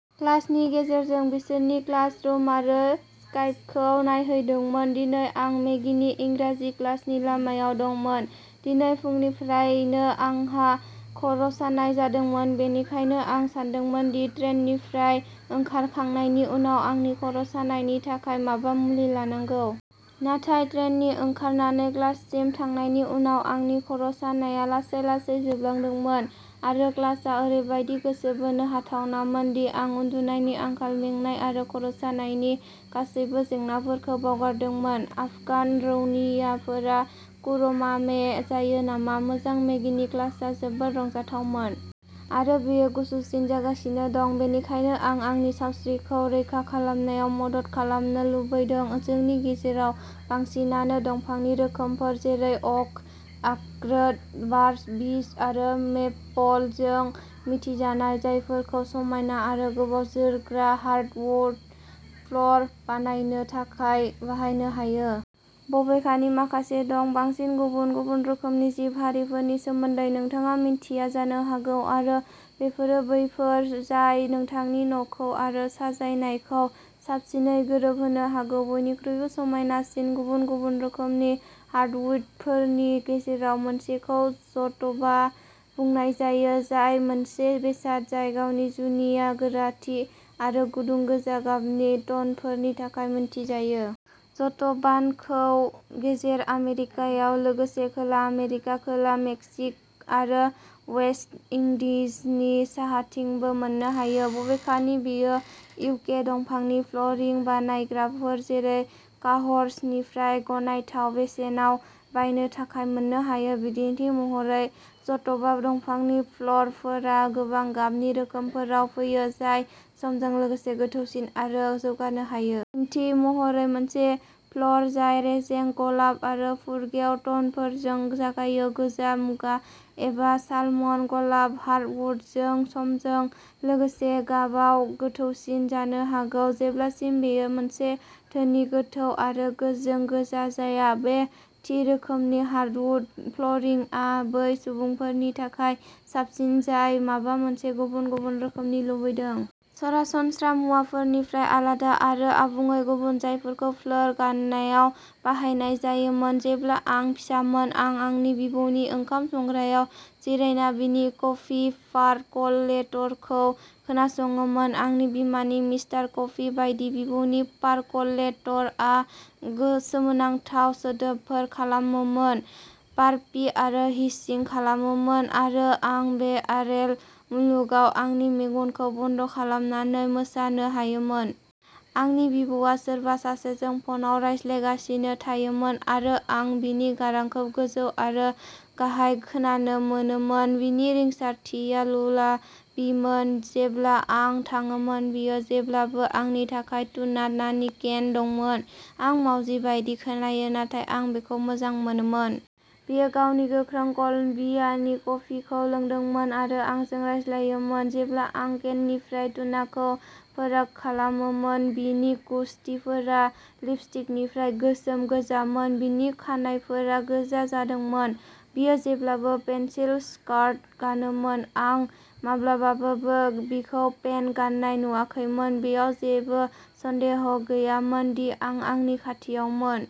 क्लासनि गेजेरजों बिसोरनि क्लास रुम आरो स्काइपखौ नायहैदोंमोन। दिनै, आं मेगीनि इंराजि क्लासनि लामायाव दंमोन। दिनै फुंनिफ्रायनो आंहा खर'सानाय जादोंमोन। बेनिखायनो आं सानदोंमोन दि ट्रेननिफ्राय ओंखारखांनायनि उनाव आंनि खर'सानायनि थाखाय माबा मुलि लानांगौ। नाथाय ट्रेननिफ्राय ओंखारनानै क्लाससिम थांनायनि उनाव, आंनि खर'सनाया लासै-लासै जोबलांदोंमोन। आरो क्लासआ ओरैबायदि गोसो बोनो हाथावनामोन दि आं उन्दुनायनि आंखाल, मेंनाय आरो खर'सानायनि गासैबो जेंनाफोरखौ बावगारदोंमोन। "आफगान रौनियाफोरा कुर'मामे जायो नामा? मोजां, मेगीनि क्लासआ जोबोद रंजाथावमोन!! आरो बेयो गुसुसिन जागासिनो दं। बेनिखायनो, आं आंनि सावस्रिखौ रैखा खालामनायाव मदद खालामनो लुबैदों! जोंनि गेजेराव बांसिनानो दंफांनि रोखोमफोर जेरै अक, आखरोट, बार्च, बीच आरो मेपलजों मिथिजानाय, जायफोरखौ समायना आरो गोबाव जोरग्रा हार्डवुड फ्ल'र बानायनो थाखाय बाहायनो हायो। बबेखानि, माखासे दं। बांसिन गुबुन-गुबुन रोखोमनि जिब-हारिफोरनि सोमोन्दै नोंथाङा मिन्थिया जानो हागौ, आरो बेफोरो बैसोर जाय नोंथांनि न'खौ आरो साजायनायखौ साबसिनै गोरोबहोनो हागौ। बयनिख्रुइबो समायनासिन गुबुन-गुबुन रोखोमनि हार्डवुडफोरनि गेजेराव मोनसेखौ जट'बा बुंनाय जायो, जाय मोनसे बेसाद जाय गावनि जुनिया गोराथि आरो गुदुं, गोजा गाबनि टनफोरनि थाखाय मिथिजायो। जट'बानखौ गेजेर आमेरिकायाव, लोगोसे खोला आमेरिका, खोला मेक्सिक'आरो वेस्ट इंडीजनि साहाथिंबो मोननो हायो। बबेखानि, बेयो इउके दंफांनि फ्ल'रिं बानायग्राफोर जेरै काहर्सनिफ्राय गनायथाव बेसेनाव बायनो थाखाय मोननो हायो, बिदिन्थि महरै। जट'बा दंफांनि फ्ल'रफोरा गोबां गाबनि रोखोमफोराव फैयो, जाय समजों लोगोसे गोथौसिन आरो जौगानो हायो। बिदिन्थि महरै, मोनसे फ्ल'र जाय रेजें गलाब आरो फुरगेव टनफोरजों जागायो, गोजा मुगा एबा सालमन गलाब हार्टवुडजों, समजों लोगोसे गाबाव गोथौसिन जानो हागौ जेब्लासिम बेयो मोनसे धोनि, गोथौ आरो गोजों गोजा जाया। बे थि रोखोमनि हार्डवुड फ्ल'रिंआ बै सुबुंफोरनि थाखाय साबसिन जाय माबा मोनसे गुबुन-गुबुन रोखोमनि लुबैदों। सरासनस्रा मुवाफोरनिफ्राय आलादा आरो आबुङै गुबुन, जायफोरखौ फ्लोर गाननायाव बाहायनाय जायोमोन। जेब्ला आं फिसामोन, आं आंनि बिबौनि ओंखाम संग्रायाव जिरायना बिनि कफि पारकलेटरखौ खोनासङोमोन। आंनि बिमानि मिस्टार कफि बायदि, बिबौनि पारकलेटरआ सोमोनांथाव सोदोबफोर खालामोमोन, बार्पिं आरो हिसिं खालामोमोन, आरो आं बे आरेल मुलुगाव आंनि मेगनखौ बन्द'खालामनानै मोसानो हायोमोन। आंनि बिबौआ सोरबा सासेजों फनआव रायज्लायगासिनो थायोमोन आरो आं बिनि गारांखौ गोजौ आरो गाहाय खोनानो मोनोमोन, बिनि रिंसारथिया लुलाबिमोन। जेब्ला आं थाङोमोन, बियो जेब्लाबो आंनि थाखाय टुना नानि केन दंमोन। आं मावजि बायदि खोनायो, नाथाय आं बेखौ मोजां मोनोमोन। बियो गावनि गोख्रों कलम्बियानि कफिखौ लोंदोंमोन आरो आंजों रायज्लायोमोन, जेब्ला आं केननिफ्राय टुनाखौ फोरक खालामोमोन। बिनि गुसथिफोरा लिपस्टिकनिफ्राय गोसोम गोजामोन, बिनि खानाइफोरा गोजा जादोंमोन। बियो जेब्लाबो पेन्सिल स्कार्ट गानोमोन, आं माब्लाबाबो बिखौ पेन्ट गान्नाय नुवाखैमोन। बेयाव जेबो सन्देह गैयामोन दि आं आंनि खाथियावमोन।